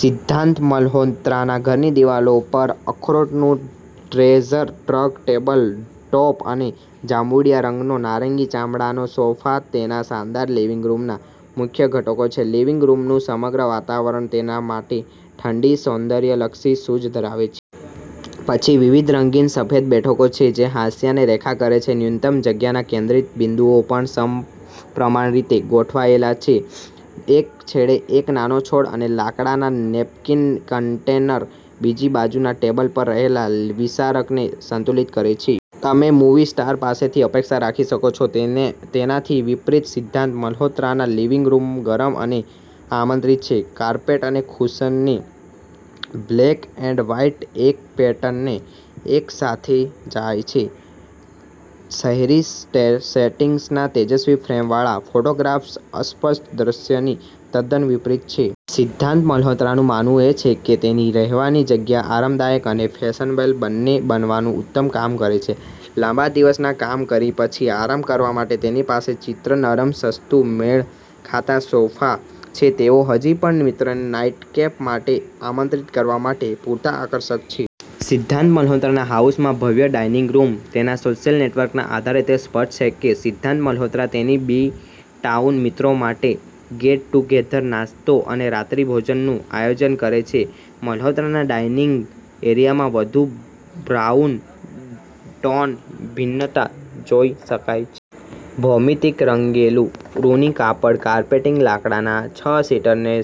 સિદ્ધાર્થ મલ્હોત્રાના ઘરની દિવાલો પર અખરોટનું ટ્રેઝર, ટ્રંક ટેબલ ટોપ અને જાંબુડિયા રંગનો નારંગી ચામડાનો સોફા તેના શાનદાર લિવિંગ રૂમના મુખ્ય ઘટકો છે. લિવિંગ રૂમનું સમગ્ર વાતાવરણ તેના માટે ઠંડી સૌંદર્યલક્ષી સૂઝ ધરાવે છે. પછી વિવિધ રંગીન સફેદ બેઠકો છે જે હાંસિયાને રેખા કરે છે. ન્યૂનતમ જગ્યાના કેન્દ્રબિંદુઓ પણ સમપ્રમાણરીતે ગોઠવાયેલા છે. એક છેડે એક નાનો છોડ અને લાકડાના નેપકિન કન્ટેનર, બીજી બાજુના ટેબલ પર રહેલા વિસારકને સંતુલિત કરે છે. તમે મૂવી સ્ટાર પાસેથી અપેક્ષા રાખી શકો તેનાથી વિપરીત, સિદ્ધાર્થ મલ્હોત્રાનો લિવિંગ રૂમ ગરમ અને આમંત્રિત છે. કાર્પેટ અને કુશનની black and white check pattern એકસાથે જાય છે. શહેરી સેટિંગ્સના તેજસ્વી ફ્રેમ વાળા ફોટોગ્રાફ્સ અસ્પષ્ટ દ્રશ્યથી તદ્દન વિપરીત છે. સિદ્ધાર્થ મલ્હોત્રાનું માનવું છે કે તેની રહેવાની જગ્યા આરામદાયક અને ફેશનેબલ બંને બનવાનું ઉત્તમ કામ કરે છે. લાંબા દિવસના કામ પછી આરામ કરવા માટે તેની પાસે ચિત્ર-નરમ, સસ્તું, મેળખાતા સોફા છે. તેઓ હજી પણ મિત્રને નાઈટકેપ માટે આમંત્રિત કરવા માટે પૂરતા આકર્ષક છે. સિદ્ધાર્થ મલ્હોત્રા હાઉસમાં ભવ્ય ડાઇનિંગ રૂમ, તેના સોશિયલ નેટવર્કના આધારે, તે સ્પષ્ટ છે કે સિદ્ધાર્થ મલ્હોત્રા તેના બી-ટાઉન મિત્રો માટે ગેટ-ટુગેધર, નાસ્તો અને રાત્રિભોજનનું આયોજન કરે છે. મલ્હોત્રાના ડાઇનિંગ એરિયામાં વધુ બ્રાઉન-ટોન ભિન્નતા જોઈ શકાય છે. ભૌમિતિક રંગેલું ઊની કાપડ કાર્પેટીંગ લાકડાના છ-સીટરને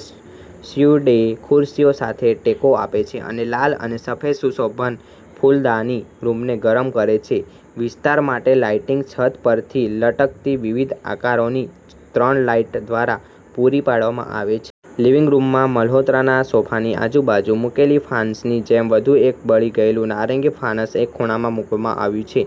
સ્યુડે ખુરશીઓ સાથે ટેકો આપે છે અને લાલ અને સફેદ સુશોભન ફૂલદાની રૂમને ગરમ કરે છે. વિસ્તાર માટે લાઇટિંગ છત પરથી લટકતી વિવિધ આકારોની ત્રણ લાઇટ દ્વારા પૂરી પાડવામાં આવે છે. લિવિંગ રૂમમાં મલ્હોત્રાના સોફાની આજુબાજુ મૂકેલા ફાનસની જેમ વધુ એક બળી ગયેલું નારંગી ફાનસ એક ખૂણામાં મૂકવામાં આવ્યું છે.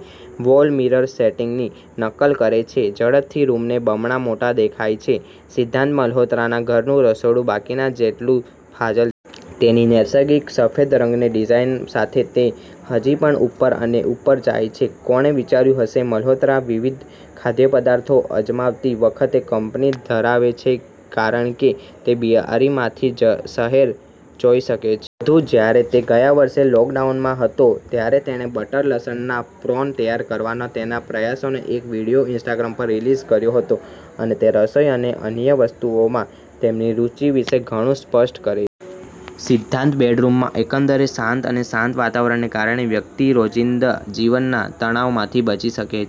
વોલ મિરર સેટિંગની નકલ કરે છે. ઝડપથી રૂમને બમણા મોટા દેખાય છે. સિદ્ધાર્થ મલ્હોત્રાના ઘરનું રસોડું બાકીના જેટલું ફાજલ છે. તેની નૈસર્ગિક, સફેદ રંગની ડિઝાઇન સાથે, તે હજી પણ ઉપર અને ઉપર જાય છે. કોણે વિચાર્યું હશે? મલ્હોત્રા વિવિધ ખાદ્યપદાર્થો અજમાવતી વખતે કંપની ધરાવે છે કારણ કે તે બારીમાંથી શહેર જોઈ શકે છે. વધુમાં, જ્યારે તે ગયા વર્ષે લોકડાઉનમાં હતો, ત્યારે તેણે બટર લસણના પ્રોન તૈયાર કરવાના તેના પ્રયાસોનો એક વીડિયો ઇન્સ્ટાગ્રામ પર રિલીઝ કર્યો હતો. અને તે રસોઈ અને અન્ય વસ્તુઓમાં તેમની રુચિ વિશે ઘણું સ્પષ્ટ કરે છે. સિધ્ધાર્થના બેડરૂમમાં એકંદરે શાંત અને શાંત વાતાવરણને કારણે વ્યક્તિ રોજિંદા જીવનના તણાવમાંથી બચી શકે છે.